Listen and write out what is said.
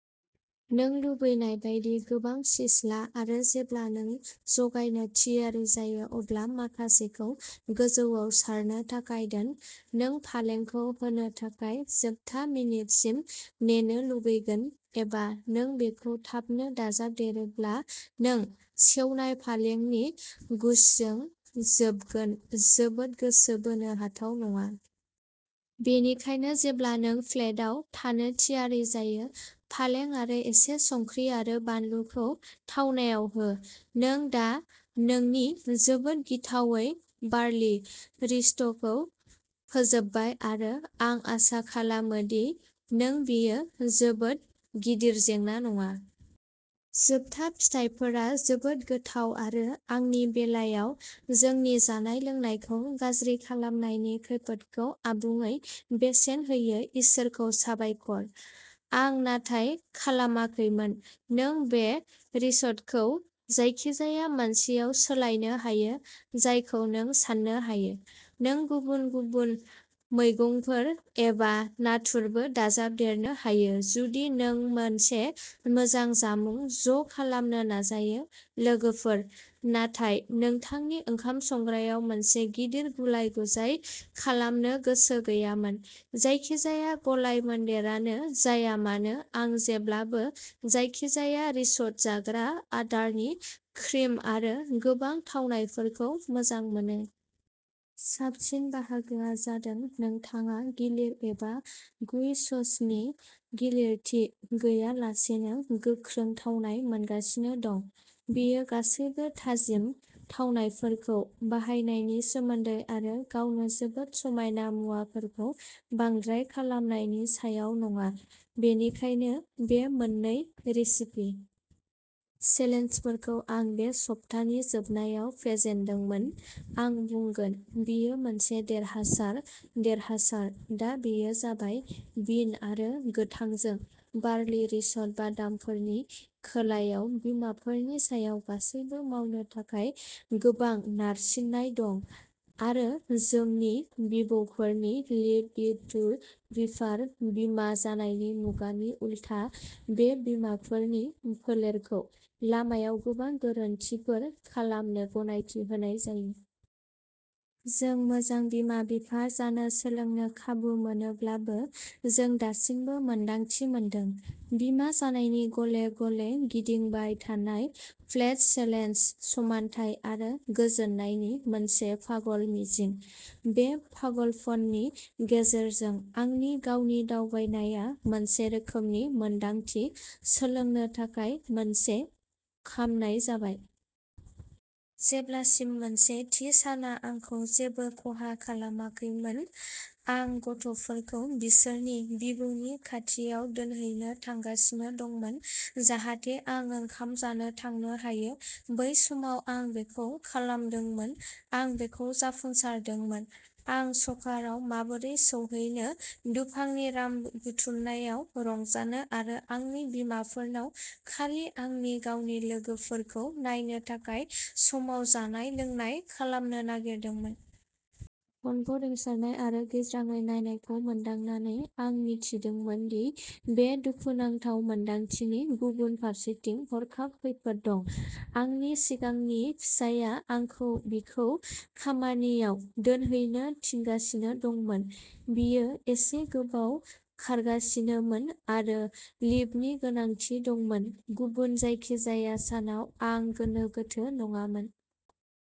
नों लुबैनाय बायदि गोबां चीज ला आरो जेब्ला नों जगायनो थियारि जायो अब्ला माखासेखौ गोजौआव सारनो थाखाय दोन। नों फालेंखौ होनो थाखाय जोबथा मिनिटसिम नेनो लुगैगोन एबा नों बेखौ थाबनो दाजाबदेरोब्ला नों सेवनाय फालेंनि गुच्छजों जोबगोन जोबोद गोसो बोनो हाथाव नङा। बेनिखायनो जेब्ला नों प्लेटआव थानो थियारि जायो, पालें आरो एसे संख्रि आरो बानलुखौ थावनायाव हो। नों दा नोंनि जोबोद गिथावै बार्लि रिस'ट'खौ फोजोबबाय आरो आं आसा खालामो दि नों बेयो जोबोद गिदिर जेंना नङा। जोबथा फिथाइफोरा जोबोद गोथाव आरो आंनि बेलायाव जोंनि जानाय-लोंनायखौ गाज्रि खालामनायनि खैफोदखौ आबुङै बेसेन होयो इसोरखौ साबायखर। आं नाथाय खालामाखैमोन नों बे रिस'ट'खौ जायखिजाया मोनसेआव सोलायनो हायो जायखौ नों साननो हायो। नों गुबुन-गुबुन मैगंफोर एबा नाथुरबो दाजाबदेरनो हायो जुदि नों मोनसे मोजां जामुं ज' खालामनो नाजायो लोगोफोर नाथाय नोंथांनि ओंखाम संग्रायाव मोनसे गिदिर गुलाय-गुजाय खालामनो गोसो गैयामोन जायखिजाया गलायमोनदेरानो जाया मानो आं जेब्लाबो जायखिजाया रिस'ट' जाग्रा आदारनि क्रिम आरो गोबां थावनायफोरखौ मोजां मोनो। साबसिन बाहागोआ जादों नोंथाङा गिलिर एबा गुइ ससनि गिलिरथि गैयालासेनो गोख्रों थावनाय मोनगासिनो दं। बेयो गासैबो थाजिम थावनायफोरखौ बाहायनायनि सोमोन्दै आरो गावनो जोबोद समायना मुवाफोरखौ बांद्राय खालामनायनि सायाव नङा। बेनिखायनो बे मोननै रेसिपि चेलेन्जफोरखौ आं बे सप्तानि जोबनायाव फेजेनदोंमोन आं बुंगोन बेयो मोनसे देरहासार देरहासार दा बेयो जाबाय बिन आरो गोथांजों बार्लि रिस'ट' बादामफोरनि खोलायाव बिमाफोरनि सायाव गासैबो मावनो थाखाय गोबां नारसिननाय दं आरो जोंनि बिबौफोरनि लिभ इट टु बिभार बिमा जानायनि मुगानि उलथा बे बिमाफोरनि फोलेरखौ लामायाव गोबां गोरोन्थिफोर खालामनो गनायथि होनाय जायो। जों मोजां बिमा-बिफा जानो सोलोंनो खाबु मोनोब्लाबो जों दासिमबो मोन्दांथि मोनदों। बिमा जानायनि गले गले गिदिंबाय थानाय प्लेट्स चेलेन्ज समानथाय आरो गोजोननायनि मोनसे पागल मिजिं। बे पागलपननि गेजेरजों आंनि गावनि दावबायनाया मोनसे रोखोमनि मोन्दांथि सोलोंनो थाखाय मोनसे खामनाय जाबाय। जेब्लासिम मोनसे थि साना आंखौ जेबो खहा खालामाखैमोन आं गथ'फोरखौ बिसोरनि बिबौनि खाथियाव दोनहैनो थांगासिनो दंमोन जाहाथे आं ओंखाम जानो थांनो हायो बै समाव आं बेखौ खालामदोंमोन आं बेखौ जाफुंसारदोंमोन। आं स'कारआव माबोरै सौहैनो दुफांनि रां बुथुमनायाव रंजानो आरो आंनि बिमाफोरनाव खालि आंनि गावनि लोगोफोरखौ नायनो थाखाय समाव जानाय-लोंनाय खालामनो नागिरदोंमोन। फनखौ रिंसारनाय आरो गिज्रांयै नायनायखौ मोनदांनानै आं मिथिदोंमोन दि बे दुखुनांथाव मोन्दांथिनि गुबुन फारसेथिं हरखाब खैफोद दं। आंनि सिगांनि फिसायआ आंखौ बिखौ खामानियाव दोनहैनो थिनगासिनो दंमोन। बियो एसे गोबाव खारगासिनोमोन आरो लिफ्टनि गोनांथि दंमोन। गुबुन जायखिजाया सानाव आं गोनो गोथो नङामोन।